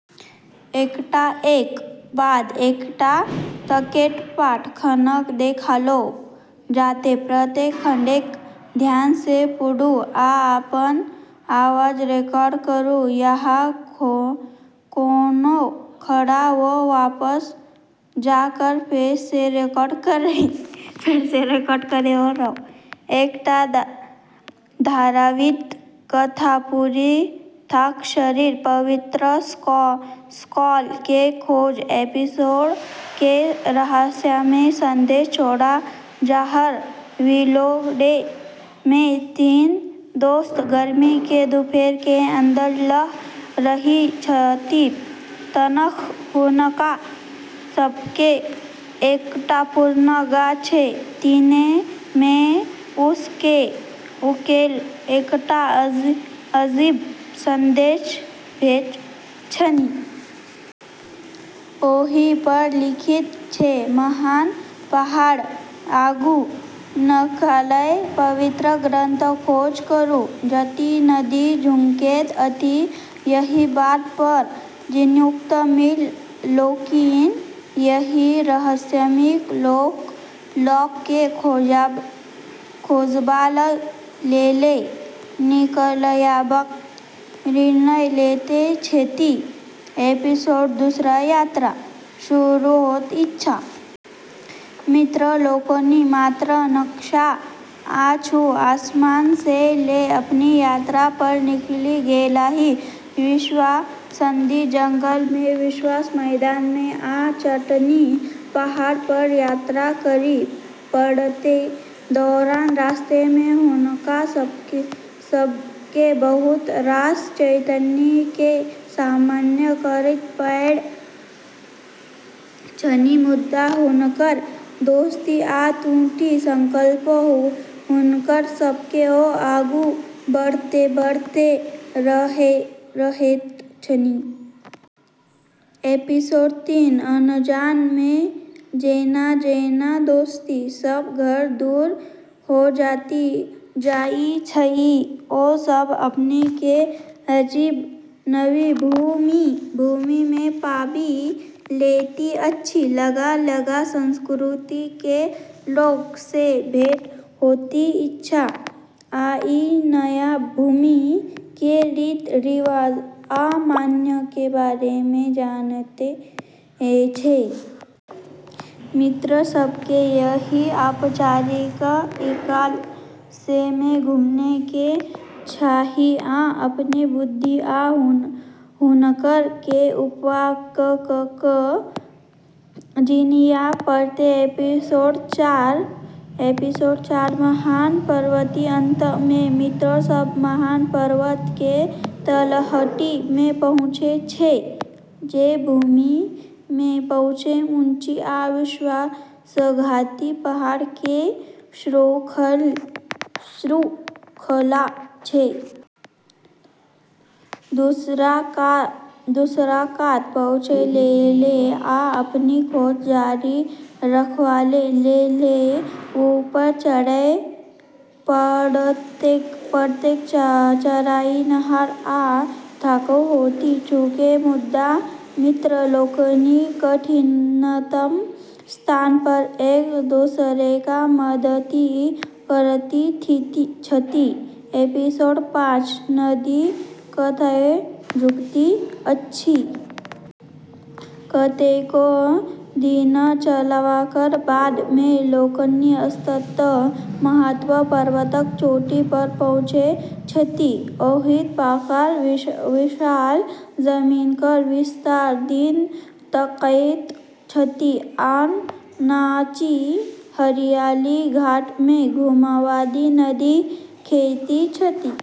एकटा धारावाहिक कथा। पूरा कथाक शीर्षक: पवित्र स्क्रॉल के खोज। एपिसोड एक: रहस्यमय संदेश। छोट शहर विलोडेल मे तीन दोस्त गर्मी के दुपहर के आनंद ल' रहल छथि तखन हुनका सब के एकटा पुरान गाछ के तने मे उकेरल एकटा अजीब संदेश भेटैत छनि। ओहि पर लिखल अछि, "महान पहाड़क आगू नुकायल पवित्र ग्रंथक खोज करू, जतय नदी झुकैत अछि।" एहि बात पर जिज्ञासु मित्र लोकनि एहि रहस्यमयी स्क्रॉल के खोजबाक लेल निकलयबाक निर्णय लैत छथि। एपिसोड दू: यात्रा शुरू होइत अछि। मित्र लोकनि मात्र नक्शा आ किछु सामान सँ लैस अपन यात्रा पर निकलि गेलाह। विश्वासघाती जंगल मे, विशाल मैदान मे, आ चट्टानी पहाड़ पर यात्रा करय पड़तैक। रास्ता मे हुनका सब के बहुत रास चुनौती के सामना करय पड़ैत छनि, मुदा हुनकर दोस्ती आ दृढ़ संकल्प हुनका सब के आगू बढ़बैत रहैत छनि। एपिसोड तीन: अनजान में। जेना-जेना दोस्त सब घर सँ दूर होइत जाइत अछि, ओ सब अपना के अजीब, नव भूमि मे पाबि लैत अछि। अलग-अलग संस्कृति के लोग सँ भेंट होइत छै, आ ई नया भूमि के रीति-रिवाज आ मान्यता के बारे मे जानैत छै। मित्र सब के एहि अपरिचित इलाका सब मे घुमय के चाही, आ अपन बुद्धि आ हुनर के उपयोग क' क' जीबय पड़त। एपिसोड चार: महान पर्वत। अंत मे मित्र सब महान पर्वत के तलहटी मे पहुँचै छै, जे भूमि के सबसँ ऊँच आ विश्वासघाती पहाड़ के श्रृंखला छै। दोसर कात पहुँचय लेल आ अपन खोज जारी रखबाक लेल ऊपर चढ़य पड़तैक। चढ़ाई नमहर आ थकाऊ होइत छैक, मुदा मित्र लोकनि कठिनतम स्थान पर एक दोसराक मददि करैत छथि। एपिसोड पाँच: नदी कतय झुकैत अछि। कतेको दिनक चढ़लाक बाद मित्र लोकनि अंततः महान पर्वतक चोटी पर पहुँचैत छथि। ओहि पारक विशाल जमीनक विस्तार दिस तकैत छथि, आ नीचाँ हरियर घाटी मे घुमावदार नदी देखैत छथि।